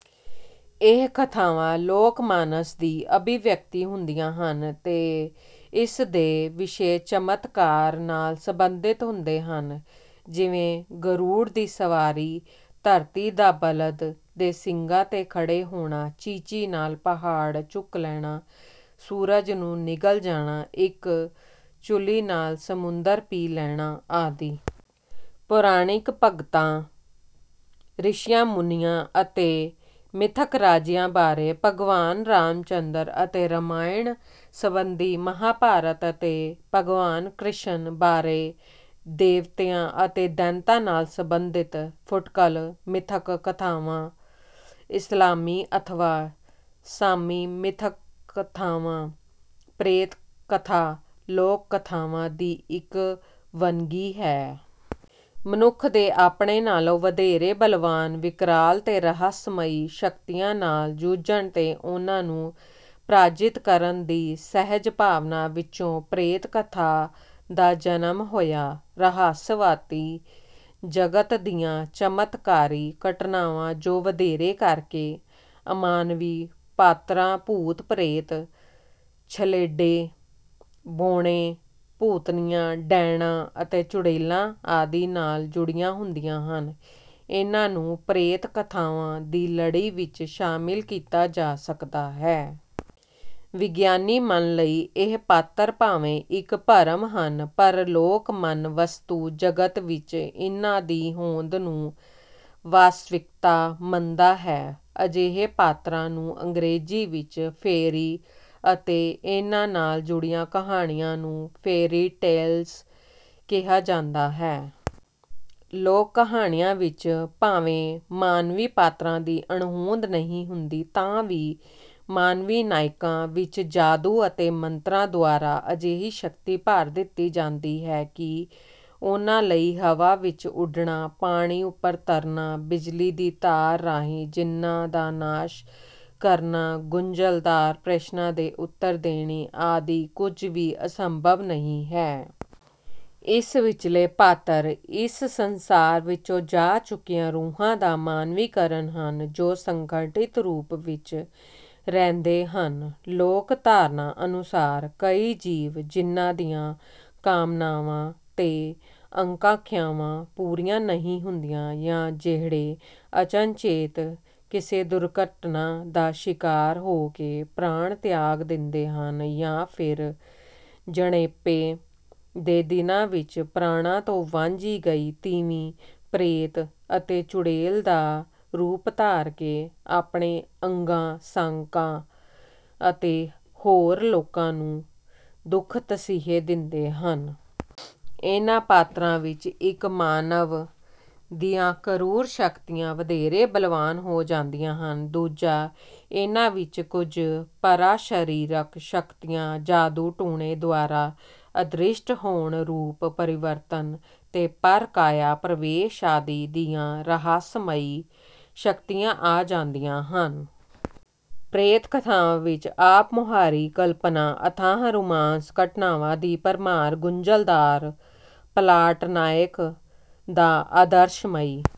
ਇਹ ਕਥਾਵਾਂ ਲੋਕ ਮਾਨਸ ਦੀ ਅਭਿਵਿਅਕਤੀ ਹੁੰਦੀਆਂ ਹਨ ਤੇ ਇਸ ਦੇ ਵਿਸ਼ੇ ਚਮਤਕਾਰ ਨਾਲ ਸਬੰਧਿਤ ਹੁੰਦੇ ਹਨ। ਜਿਵੇਂ ਗਰੁੜ ਦੀ ਸਵਾਰੀ ਧਰਤੀ ਦਾ ਬਲਦ ਦੇ ਸਿੰਗਾਂ ਤੇ ਖੜੇ ਹੋਣਾ ਚੀਚੀ ਨਾਲ ਪਹਾੜ ਚੁੱਕ ਲੈਣਾ ਸੂਰਜ ਨੂੰ ਨਿਗਲ ਜਾਣਾ ਇੱਕ ਚੁਲੀ ਨਾਲ ਸਮੁੰਦਰ ਪੀ ਲੈਣਾ ਆਦਿ। ਪੌਰਾਣਿਕ ਭਗਤਾਂ ਰਿਸ਼ੀਆਂ ਮੁਨੀਆਂ ਅਤੇ ਮਿੱਥਕ ਰਾਜਿਆਂ ਬਾਰੇ। ਭਗਵਾਨ ਰਾਮਚੰਦਰ ਅਤੇ ਰਾਮਾਇਣ ਸਬੰਧੀ। ਮਹਾਭਾਰਤ ਅਤੇ ਭਗਵਾਨ ਕ੍ਰਿਸ਼ਨ ਬਾਰੇ। ਦੇਵਤਿਆਂ ਅਤੇ ਦੈਂਤਾਂ ਨਾਲ ਸਬੰਧਿਤ। ਫੁੱਟਕਲ ਮਿੱਥਕ ਕਥਾਵਾਂ। ਇਸਲਾਮੀ ਅਥਵਾ ਸਾਮੀ ਮਿੱਥਕ ਕਥਾਵਾਂ। ਪ੍ਰੇਤ ਕਥਾ ਲੋਕ ਕਥਾਵਾਂ ਦੀ ਇੱਕ ਵੰਨਗੀ ਹੈ। ਮਨੁੱਖ ਦੇ ਆਪਣੇ ਨਾਲ਼ੋਂ ਵਧੇਰੇ ਬਲਵਾਨ ਵਿਕਰਾਲ ਤੇ ਰਹੱਸਮਈ ਸ਼ਕਤੀਆਂ ਨਾਲ਼ ਜੂਝਣ ਤੇ ਉਹਨਾਂ ਨੂੰ ਪ੍ਰਾਜਿਤ ਕਰਨ ਦੀ ਸਹਿਜ ਭਾਵਨਾ ਵਿੱਚੋਂ ਪ੍ਰੇਤ ਕਥਾ ਦਾ ਜਨਮ ਹੋਇਆ। ਰਹੱਸਵਾਦੀ ਜਗਤ ਦੀਆਂ ਚਮਤਕਾਰੀ ਘਟਨਾਵਾਂ ਜੋ ਵਧੇਰੇ ਕਰ ਕੇ ਅਮਾਨਵੀ ਪਾਤਰਾਂ ਭੂਤ ਪ੍ਰੇਤ ਛਲੇਡੇ ਬੌਣੇ ਭੂਤਨੀਆਂ ਡੈਣਾਂ ਅਤੇ ਚੁੜੇਲਾਂ ਆਦਿ ਨਾਲ਼ ਜੁੜੀਆਂ ਹੁੰਦੀਆਂ ਹਨ ਇਹਨਾਂ ਨੂੰ ਪ੍ਰੇਤ ਕਥਾਵਾਂ ਦੀ ਲੜੀ ਵਿੱਚ ਸ਼ਾਮਿਲ ਕੀਤਾ ਜਾ ਸਕਦਾ ਹੈ। ਵਿਗਿਆਨੀ ਮਨ ਲਈ ਇਹ ਪਾਤਰ ਭਾਵੇਂ ਇੱਕ ਭਰਮ ਹਨ ਪਰ ਲੋਕ ਮਨ ਵਸਤੂ ਜਗਤ ਵਿੱਚ ਇਹਨਾਂ ਦੀ ਹੋਂਦ ਨੂੰ ਵਾਸਤਵਿਕਤਾ ਮੰਨਦਾ ਹੈ। ਅਜਿਹੇ ਪਾਤਰਾਂ ਨੂੰ ਅੰਗਰੇਜ਼ੀ ਵਿੱਚ ਫੇਅਰੀ ਅਤੇ ਇਹਨਾਂ ਨਾਲ਼ ਜੁੜੀਆਂ ਕਹਾਣੀਆਂ ਨੂੰ ਫੇਅਰੀ ਟੇਲਜ਼ ਕਿਹਾ ਜਾਂਦਾ ਹੈ। ਲੋਕ ਕਹਾਣੀਆਂ ਵਿੱਚ ਭਾਵੇਂ ਮਾਨਵੀ ਪਾਤਰਾਂ ਦੀ ਅਣਹੋਂਦ ਨਹੀਂ ਹੁੰਦੀ ਤਾਂ ਵੀ ਮਾਨਵੀ ਨਾਇਕਾਂ ਵਿੱਚ ਜਾਦੂ ਅਤੇ ਮੰਤਰਾਂ ਦੁਆਰਾ ਅਜਿਹੀ ਸ਼ਕਤੀ ਭਰ ਦਿੱਤੀ ਜਾਂਦੀ ਹੈ ਕਿ ਉਹਨਾਂ ਲਈ ਹਵਾ ਵਿੱਚ ਉੱਡਣਾ ਪਾਣੀ ਉੱਪਰ ਤਰਨਾ ਬਿਜਲੀ ਦੀ ਤਾਰ ਰਾਹੀਂ ਜਿੰਨਾਂ ਦਾ ਨਾਸ਼ ਕਰਨਾ ਗੁੰਝਲਦਾਰ ਪ੍ਰਸ਼ਨਾਂ ਦੇ ਉੱਤਰ ਦੇਣੇ ਆਦਿ ਕੁੱਝ ਵੀ ਅਸੰਭਵ ਨਹੀਂ ਹੈ। ਇਸ ਵਿੱਚਲੇ ਪਾਤਰ ਇਸ ਸੰਸਾਰ ਵਿੱਚੋਂ ਜਾ ਚੁੱਕੀਆਂ ਰੂਹਾਂ ਦਾ ਮਾਨਵੀਕਰਨ ਹਨ ਜੋ ਸੰਗਠਿਤ ਰੂਪ ਵਿੱਚ ਰਹਿੰਦੇ ਹਨ। ਲੋਕ ਧਾਰਨਾ ਅਨੁਸਾਰ ਕਈ ਜੀਵ ਜਿਹਨਾਂ ਦੀਆਂ ਕਾਮਨਾਵਾਂ ਤੇ ਅਕਾਂਖਿਆਵਾਂ ਪੂਰੀਆਂ ਨਹੀਂ ਹੁੰਦੀਆਂ ਜਾਂ ਜਿਹੜੇ ਅਚਨਚੇਤ ਕਿਸੇ ਦੁਰਘਟਨਾ ਦਾ ਸ਼ਿਕਾਰ ਹੋ ਕੇ ਪ੍ਰਾਣ ਤਿਆਗ ਦਿੰਦੇ ਹਨ ਜਾਂ ਫਿਰ ਜਣੇਪੇ ਦੇ ਦਿਨਾਂ ਵਿੱਚ ਪ੍ਰਾਣਾਂ ਤੋਂ ਵਾਂਝੀ ਗਈ ਤੀਵੀਂ ਪ੍ਰੇਤ ਅਤੇ ਚੁੜੇਲ ਦਾ ਰੂਪ ਧਾਰ ਕੇ ਆਪਣੇ ਅੰਗਾਂ ਸਾਕਾਂ ਅਤੇ ਹੋਰ ਲੋਕਾਂ ਨੂੰ ਦੁੱਖ ਤਸੀਹੇ ਦਿੰਦੇ ਹਨ। ਇਹਨਾਂ ਪਾਤਰਾਂ ਵਿੱਚ ਇੱਕ ਮਾਨਵ ਦੀਆਂ ਕਰੂਰ ਸ਼ਕਤੀਆਂ ਵਧੇਰੇ ਬਲਵਾਨ ਹੋ ਜਾਂਦੀਆਂ ਹਨ। ਦੂਜਾ ਇਹਨਾਂ ਵਿੱਚ ਕੁੱਝ ਪਰਾ ਸਰੀਰਕ ਸ਼ਕਤੀਆਂ ਜਾਦੂ ਟੂਣੇ ਦੁਆਰਾ ਅਦ੍ਰਿਸ਼ਟ ਹੋਣ ਰੂਪ ਪਰਿਵਰਤਨ ਤੇ ਪਰ ਕਾਇਆ ਪ੍ਰਵੇਸ਼ ਆਦਿ ਦੀਆਂ ਰਹੱਸਮਈ ਸ਼ਕਤੀਆਂ ਆ ਜਾਂਦੀਆਂ ਹਨ। ਪ੍ਰੇਤ ਕਥਾਵਾਂ ਵਿੱਚ ਆਪ ਮੁਹਾਰੀ ਕਲਪਨਾ ਅਥਾਹ ਰੁਮਾਂਸ ਘਟਨਾਵਾਂ ਦੀ ਭਰਮਾਰ ਗੁੰਝਲਦਾਰ ਪਲਾਟ ਨਾਇਕ ਦਾ ਆਦਰਸ਼ਮਈ